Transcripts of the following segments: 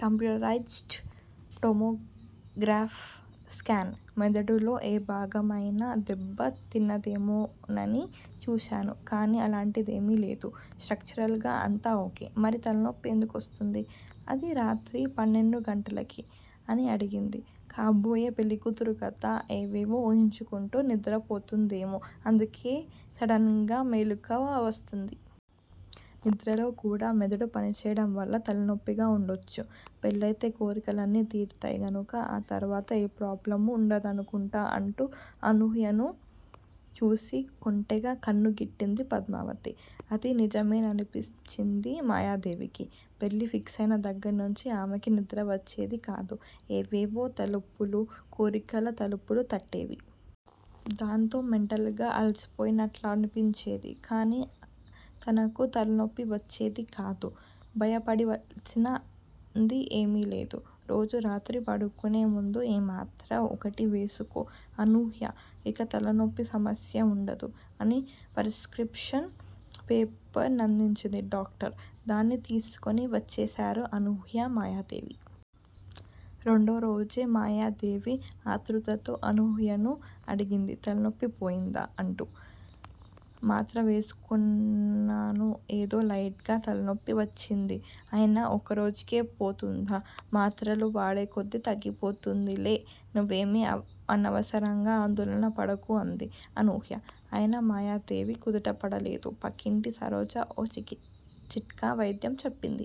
Computerise డ్ tomograph scan. మెదడులో ఏ భాగమైనా దెబ్బ తిన్నదేమోనని చూశాను, కానీ అలాంటిదేమీ లేదు. స్టక్చరల్ గా అంతా ఓకే. మరి తలనొప్పి ఎందుకొస్తోంది? అదీ రాత్రి పన్నెండుగంటలకి? అని అడిగింది. కాబోయే పెళ్ళికూతురు గదా. ఏవేవో ఊహించుకుంటూ నిద్ర పోతుందేమో. అందుకే సడన్ గా మెలకువ వస్తుంది. నిద్రలో కూడా మెదడు పనిచేయడం వల్ల తలనొప్పిగా ఉండొచ్చు. పెళ్ళయితే కోరికలన్నీ తీరుతాయి గనుక ఆ తరువాత ఏ ప్రాబ్లమూ వుండదనుకుంటా అంటూ అనూహ్యను చూసి కొంటెగా కన్నుగీటింది పద్మావతి. అది నిజమేననిపించింది మాయాదేవికి. పెళ్ళి ఫిక్సయిన దగ్గర్నుంచి ఆమెకి నిద్ర వచ్చేది కాదు. ఏవేవో తలపులు కోరికల తలుపులు తట్టేవి. దాంతో మెంటల్ గా అలిసిపోయినట్లనిపించేది, కానీ తనకు తలనొప్పి వచ్చేది కాదు. భయపడవలసింది ఏమీ లేదు. రోజూ రాత్రి పడుకునే ముందు ఈ మాత్ర ఒకటి వేసుకో అనూహ్య- ఇక తలనొప్పి సమస్య వుండదు అని పరిస్క్రిప్షన్ పేపర్ నందించింది డాక్టర్. దాన్ని తీసుకుని వచ్చేశారు అనూహ్య, మాయాదేవి. రెండో రోజే మాయాదేవి ఆత్రుతతో అనూహ్యను అడిగింది- తలనొప్పి పోయిందా? అంటూ. మాత్ర వేసుకున్నాను ఏదో లైట్ గా తలనొప్పి వచ్చింది. అయినా ఒకరోజుకే పోతుందా? మాత్రలు వాడేకొద్దీ తగ్గిపోతుందిలే. నువ్వేమీ అనవసరంగా ఆందోళన పడకు అంది అనూహ్య. అయినా మాయాదేవి కుదుటపడలేదు. పక్కింటి సరోజ ఓ చిట్కా వైద్యం చెప్పింది.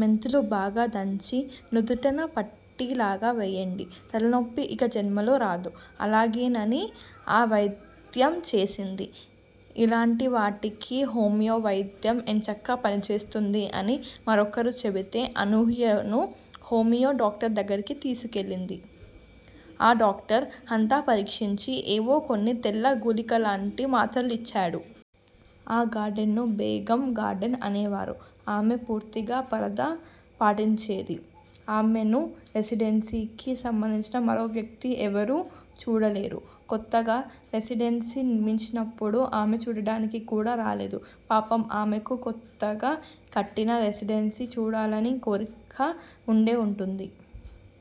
మెంతులు బాగా దంచి, నుదుటన పట్టీలాగా వేయండి. తలనొప్పి ఇక జన్మలో రాదు అలాగేనని ఆ వైద్యం చేసింది. ఇలాంటివాటికి హోమియో వైద్యం ఎంచక్కా పనిచేస్తుంది అని మరొకరు చెబితే అనూహ్యను హోమియో డాక్టర్ దగ్గరికి తీసుకెళ్ళింది. ఆ డాక్టర్ అంతా పరీక్షించి ఏవో కొన్ని తెల్ల గుళికల్లాంటి మాత్రలిచ్చాడు. ఆ గార్డెన్ ను బేగం గార్డెన్ అనేవారు. ఆమె పూర్తిగా పరదా పాటించేది. ఆమెను రెసిడెన్సీకి సంబంధించిన మరో వ్యక్తి ఎవరూ చూడలేదు. కొత్తగా రెసిడెన్సీ నిర్మించినప్పుడు ఆమె చూడటానికి కూడా రాలేదు. పాపం ఆమెకు కొత్తగా కట్టిన రెసిడెన్సీ చూడాలనే కోరిక వుండే వుంటుంది.